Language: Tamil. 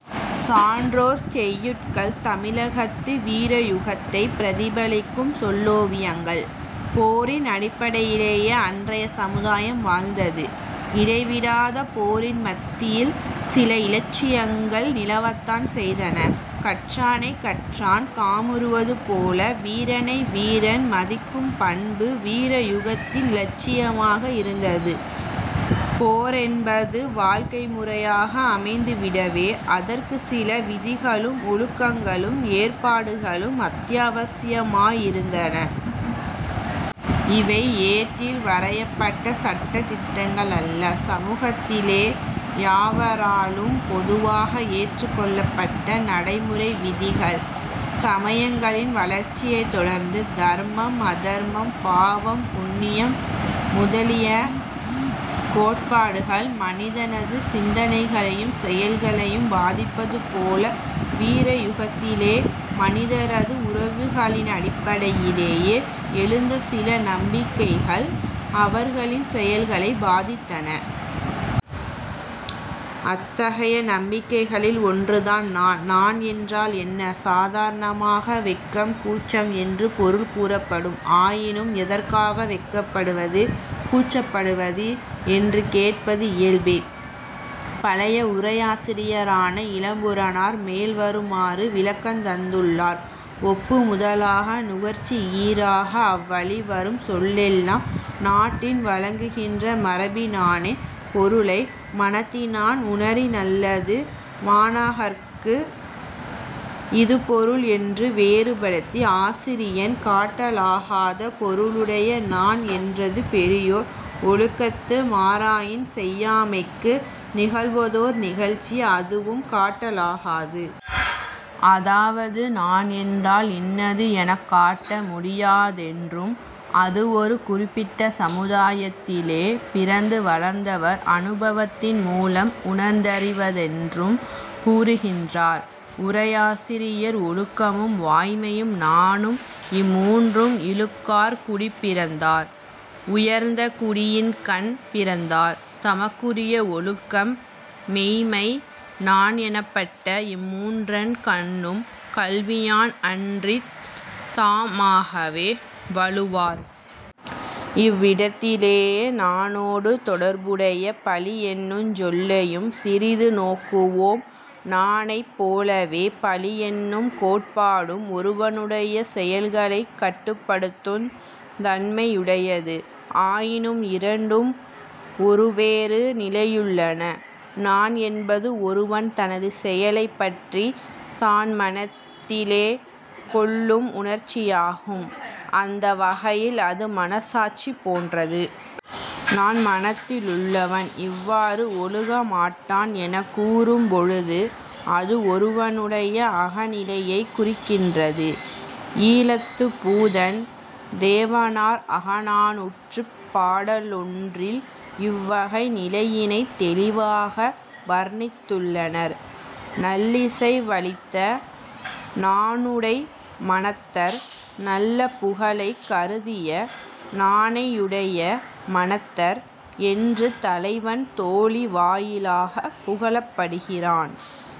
" சான்றோர் செய்யுட்கள் தமிழகத்து வீரயுகத்தை பிரதிபலிக்கும் சொல்லோவியங்கள். போரின் அடிப்படையிலேயே அன்றைய சமுதாயம் வாழ்ந்தது. இடைவிடாத போரின் மத்தியில் சில இலட்சியங்கள் நிலவத்தான் செய்தன. கற்றானைக் கற்றான் காமுறுவதுபோல் வீரனை வீரன் மதிக்கும் பண்பு வீரயுகத்தின் இலட்சியமாக இருந்தது. போரென்பது வாழ்க்கை முறையாக அமைந்துவிடவே அதற்குச் சில விதிகளும், ஒழுங்குகளும், ஏற்பாடுகளும், அத்தியாவசியமாயிருந்தன. இவை ஏட்டில் வரையப்பட்ட சட்டதிட்டங்களல்ல. சமூகத்திலே யாவராலும் பொதுவாக ஏற்றுக்கொள்ளப்பட்ட நடைமுறை விதிகள். சமயங்களின் வளர்ச்சியைத் தொடர்ந்து தர்மம், அதர்மம், பாவம், புண்ணியம் முதலிய கோட்பாடுகள் மனிதனது சிந்தனைகளையும், செயல்களையும் பாதிப்பது போல வீரயுகத்திலே மனிதரது உறவுகளினடிப்படையிலே எழுந்த சில நம்பிக்கைகள் அவர்களின் செயல்களைப் பாதித்தன. அத்தகைய நம்பிக்கைகளில் ஒன்றுதான் நாண். நாண் என்றால் என்ன? சாதாரணமாக வெட்கம், கூச்சம் என்று பொருள் கூறப்படும். ஆயினும் எதற்காக, வெட்கப்படுவது, கூச்சப்படுவது என்று கேட்பது இயல்பே. பழைய உரையாசிரியரான இளம்பூரணர் மேல்வருமாறு விளக்கந் தந்துள்ளார். "ஒப்பு முதலாக நுகர்ச்சியீறாக அவ்வழிவரும் சொல்லெல்லாம் நாட்டின் வழங்குகின்ற மரபினானே பொருளை மனத்தினான் உணரினல்லது மாணாக்கர்க்கு இது பொருள் என வேறுபடுத்தி ஆசிரியன் காட்டலாகாத பொருளுடைய 'நாண்' என்றது பெரியோர் ஒழுக்கத்து மாறாயின் செய்யாமைக்கு நிகழ்வதோர் நிகழ்ச்சி; அதுவும் காட்டலாகாது. " அதாவது நாண் என்றால் இன்னது எனக் காட்ட முடியாதென்றும், அது ஒரு குறிப்பிட்ட சமுதாயத்திலே பிறந்து வளர்ந்தவர் அனுபவத்தின் மூலம் உணர்ந்தறிவதென்றும் கூறுகின்றார், உரையாசிரியர். "ஒழுக்கமும், வாய்மையும், நாணும் இம்மூன்றும் இழுக்கார் குடிப்பிறந்தார். "உயர்ந்த குடியின்கண் பிறந்தார் தமக்குரிய ஒழுக்கம், மெய்மை, நாண் எனப்பட்ட இம்மூன்றன் கண்ணும் கல்வியான் அன்றித் தா மாகவே வழுவார். " இவ்விடத்திலே நாணோடு தொடர்புடைய பழி என்னுஞ் சொல்லையும் சிறிது நோக்குவோம். நாணைப் போலவே பழியென்னும் கோட்பாடும் ஒருவனுடைய செயல்களைக் கட்டுப்படுத்துந் தன்மை யுடையது. ஆயினும் இரண்டும் ஒருவேறு நிலையிலுள்ளன. நாண் என்பது ஒருவன் தனது செயலைப் பற்றித் தான் மனத்திலே கொள்ளும் உணர்ச்சியாகும். அந்த வகையில் அது மனச்சாட்சி போன்றது. நாண் மனத்திலுள்ளவன் இவ்வாறு ஒழுகமாட்டான் எனக் கூறும் பொழுது அது ஒருவனுடைய அக நிலையைக் குறிக்கின்றது. ஈழத்துப் பூதன் தேவனார் அகநானூற்றுப் பாடலொன்றில் இவ்வகை நிலையினைத் தௌிவாக வர்ணித்துள்ளனர். "நல்லிசை வலித்த நாணுடை மனத்தர்" 'நல்ல புகழைக் கருதிய நாணையுடைய மனத்தர்' என்று தலைவன் தோழி வாயிலாகப் புகழப்படுகிறான்.